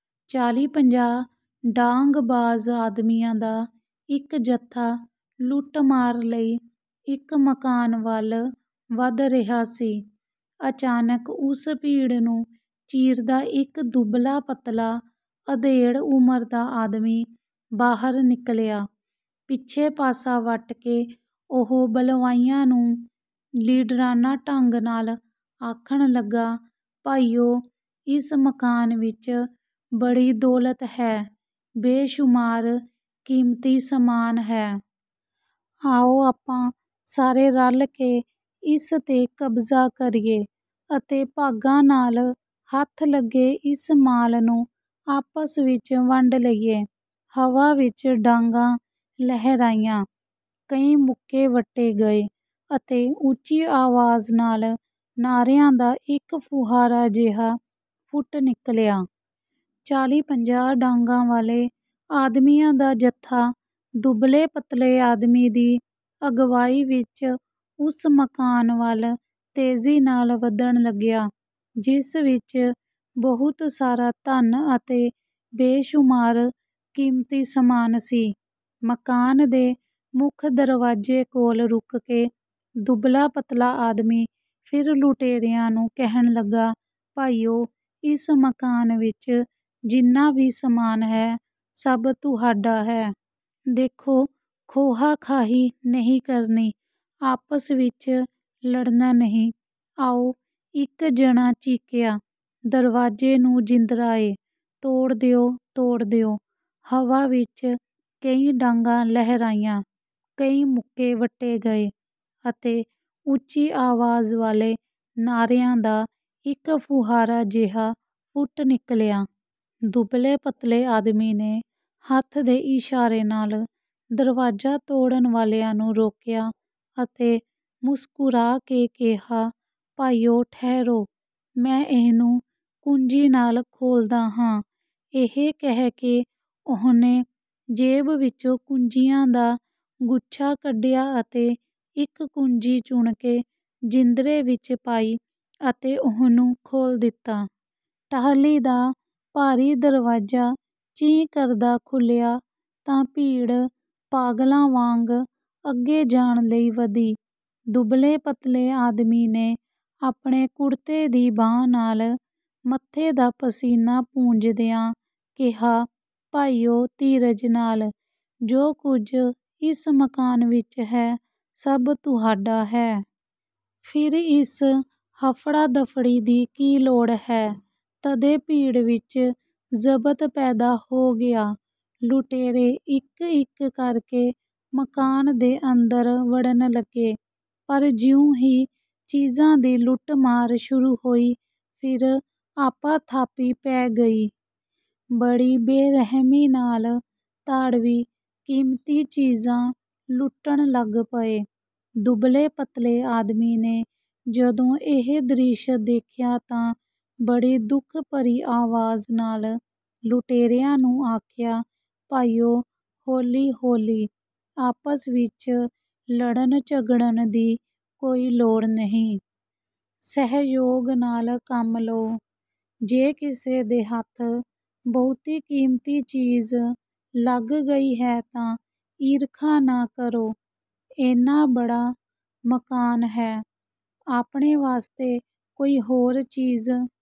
ਚਾਲੀ ਪੰਜਾਹ ਡਾਂਗਬਾਜ਼ ਆਦਮੀਆਂ ਦਾ ਇਕ ਜੱਥਾ ਲੁੱਟਮਾਰ ਲਈ ਇਕ ਮਕਾਨ ਵੱਲ ਵਧ ਰਿਹਾ ਸੀ। ਅਚਾਨਕ ਉਸ ਭੀੜ ਨੂੰ ਚੀਰਦਾ ਇਕ ਦੁਬਲਾ-ਪਤਲਾ ਅਧੇੜ ਉਮਰ ਦਾ ਆਦਮੀ ਬਾਹਰ ਨਿਕਲਿਆ। ਪਿੱਛੇ ਪਾਸਾ ਵੱਟ ਕੇ ਉਹ ਬਲਵਾਈਆਂ ਨੂੰ ਲੀਡਰਾਨਾ ਢੰਗ ਨਾਲ ਆਖਣ ਲੱਗਾ, “ਭਾਈਓ, ਇਸ ਮਕਾਨ ਵਿਚ ਬੜੀ ਦੌਲਤ ਹੈ, ਬੇਸ਼ੁਮਾਰ ਕੀਮਤੀ ਸਮਾਨ ਹੈ। ਆਓ ਆਪਾਂ ਸਾਰੇ ਰਲ ਕੇ ਇਸ ਤੇ ਕਬਜ਼ਾ ਕਰੀਏ ਅਤੇ ਭਾਗਾਂ ਨਾਲ ਹੱਥ ਲੱਗੇ ਇਸ ਮਾਲ ਨੂੰ ਆਪਸ ਵਿਚ ਵੰਡ ਲਈਏ।” ਹਵਾ ਵਿਚ ਡਾਂਗਾਂ ਲਹਿਰਾਈਆਂ, ਕਈ ਮੁੱਕੇ ਵੱਟੇ ਗਏ ਅਤੇ ਉੱਚੀ ਆਵਾਜ਼ ਨਾਲ ਨਾਰ੍ਹਿਆਂ ਦਾ ਇਕ ਫੁਹਾਰਾ ਜਿਹਾ ਫੁੱਟ ਨਿਕਲਿਆ। ਚਾਲੀ ਪੰਜਾਹ ਡਾਂਗਾਂ ਵਾਲੇ ਆਦਮੀਆਂ ਦਾ ਜੱਥਾ ਦੁਬਲੇ-ਪਤਲੇ ਆਦਮੀ ਦੀ ਅਗਵਾਈ ਵਿਚ ਉਸ ਮਕਾਨ ਵੱਲ ਤੇਜ਼ੀ ਨਾਲ ਵਧਣ ਲੱਗਿਆ, ਜਿਸ ਵਿਚ ਬਹੁਤ ਸਾਰਾ ਧਨ ਅਤੇ ਬੇਸ਼ੁਮਾਰ ਕੀਮਤੀ ਸਮਾਨ ਸੀ। ਮਕਾਨ ਦੇ ਮੁੱਖ ਦਰਵਾਜੇ ਕੋਲ ਰੁਕ ਕੇ ਦੁਬਲਾ-ਪਤਲਾ ਆਦਮੀ ਫਿਰ ਲੁਟੇਰਿਆਂ ਨੂੰ ਕਹਿਣ ਲੱਗਾ, “ਭਾਈਓ, ਇਸ ਮਕਾਨ ਵਿਚ ਜਿੰਨਾ ਵੀ ਸਮਾਨ ਹੈ, ਸਭ ਤੁਹਾਡਾ ਹੈ। ਦੇਖੋ, ਖੋਹਾ-ਖਾਹੀ ਨਹੀਂ ਕਰਨੀ, ਆਪਸ ਵਿਚ ਲੜਨਾ ਨਹੀਂ। ਆਓ।” ਇਕ ਜਣਾ ਚੀਕਿਆ, "ਦਰਵਾਜੇ ਨੂੰ ਜਿੰਦਰਾ ਏ।" “ਤੋੜ ਦਿਓ। ਤੋੜ ਦਿਓ।” ਹਵਾ ਵਿਚ ਕਈ ਡਾਂਗਾਂ ਲਹਿਰਾਈਆਂ, ਕਈ ਮੁੱਕੇ ਵੱਟੇ ਗਏ ਅਤੇ ਉੱਚੀ ਆਵਾਜ਼ ਵਾਲੇ ਨਾਰ੍ਹਿਆਂ ਦਾ ਇਕ ਫੁਹਾਰਾ ਜਿਹਾ ਫੁੱਟ ਨਿਕਲਿਆ। ਦੁਬਲੇ-ਪਤਲੇ ਆਦਮੀ ਨੇ ਹੱਥ ਦੇ ਇਸ਼ਾਰੇ ਨਾਲ ਦਰਵਾਜਾ ਤੋੜਨ ਵਾਲਿਆਂ ਨੂੰ ਰੋਕਿਆ ਅਤੇ ਮੁਸਕਰਾ ਕੇ ਕਿਹਾ, “ਭਾਈਓ, ਠਹਿਰੋ। ਮੈਂ ਇਹਨੂੰ ਕੁੰਜੀ ਨਾਲ ਖੋਲ੍ਹਦਾ ਹਾਂ।” ਇਹ ਕਹਿ ਕੇ ਉਹਨੇ ਜੇਬ ਵਿਚੋਂ ਕੁੰਜੀਆਂ ਦਾ ਗੁੱਛਾ ਕੱਢਿਆ ਅਤੇ ਇਕ ਕੁੰਜੀ ਚੁਣ ਕੇ ਜਿੰਦਰੇ ਵਿਚ ਪਾਈ ਅਤੇ ਉਹਨੂੰ ਖੋਲ੍ਹ ਦਿੱਤਾ। ਟਾਹਲੀ ਦਾ ਭਾਰੀ ਦਰਵਾਜਾ ਚੀਂ ਕਰਦਾ ਖੁੱਲਿਆ ਤਾਂ ਭੀੜ ਪਾਗਲਾਂ ਵਾਂਗ ਅੱਗੇ ਜਾਣ ਲਈ ਵਧੀ। ਦੁਬਲੇ-ਪਤਲੇ ਆਦਮੀ ਨੇ ਆਪਣੇ ਕੁੜਤੇ ਦੀ ਬਾਂਹ ਨਾਲ ਮੱਥੇ ਦਾ ਪਸੀਨਾ ਪੂੰਝਦਿਆਂ ਕਿਹਾ, “ਭਾਈਓ, ਧੀਰਜ ਨਾਲ। ਜੋ ਕੁਝ ਇਸ ਮਕਾਨ ਵਿਚ ਹੈ, ਸਭ ਤੁਹਾਡਾ ਹੈ। ਫਿਰ ਇਸ ਹਫੜਾ-ਦਫੜੀ ਦੀ ਕੀ ਲੋੜ ਹੈ?” ਤਦੇ ਭੀੜ ਵਿਚ ਜ਼ਬਤ ਪੈਦਾ ਹੋ ਗਿਆ। ਲੁਟੇਰੇ ਇਕ-ਇਕ ਕਰਕੇ ਮਕਾਨ ਦੇ ਅੰਦਰ ਵੜਨ ਲੱਗੇ, ਪਰ ਜਿਉਂ ਹੀ ਚੀਜ਼ਾਂ ਦੀ ਲੁੱਟਮਾਰ ਸ਼ੁਰੂ ਹੋਈ, ਫਿਰ ਆਪਾ ਧਾਪੀ ਪੈ ਗਈ। ਬੜੀ ਬੇਰਹਿਮੀ ਨਾਲ ਧਾੜਵੀ ਕੀਮਤੀ ਚੀਜ਼ਾਂ ਲੁੱਟਣ ਲੱਗ ਪਏ। ਦੁਬਲੇ-ਪਤਲੇ ਆਦਮੀ ਨੇ ਜਦੋਂ ਇਹ ਦ੍ਰਿਸ਼ ਦੇਖਿਆ ਤਾਂ ਬੜੀ ਦੁੱਖ ਭਰੀ ਆਵਾਜ਼ ਨਾਲ ਲੁਟੇਰਿਆਂ ਨੂੰ ਆਖਿਆ, ਭਾਈਓ, ਹੌਲੀ ਹੌਲੀ। ਆਪਸ ਵਿਚ ਲੜਨ-ਝਗੜਨ ਦੀ ਕੋਈ ਲੋੜ ਨਹੀਂ। ਸਹਿਯੋਗ ਨਾਲ ਕੰਮ ਲਓ। ਜੇ ਕਿਸੇ ਦੇ ਹੱਥ ਬਹੁਤੀ ਕੀਮਤੀ ਚੀਜ਼ ਲੱਗ ਗਈ ਹੈ ਤਾਂ ਈਰਖਾ ਨਾ ਕਰੋ। ਏਨਾ ਬੜਾ ਮਕਾਨ ਹੈ, ਆਪਣੇ ਵਾਸਤੇ ਕੋਈ ਹੋਰ ਚੀਜ਼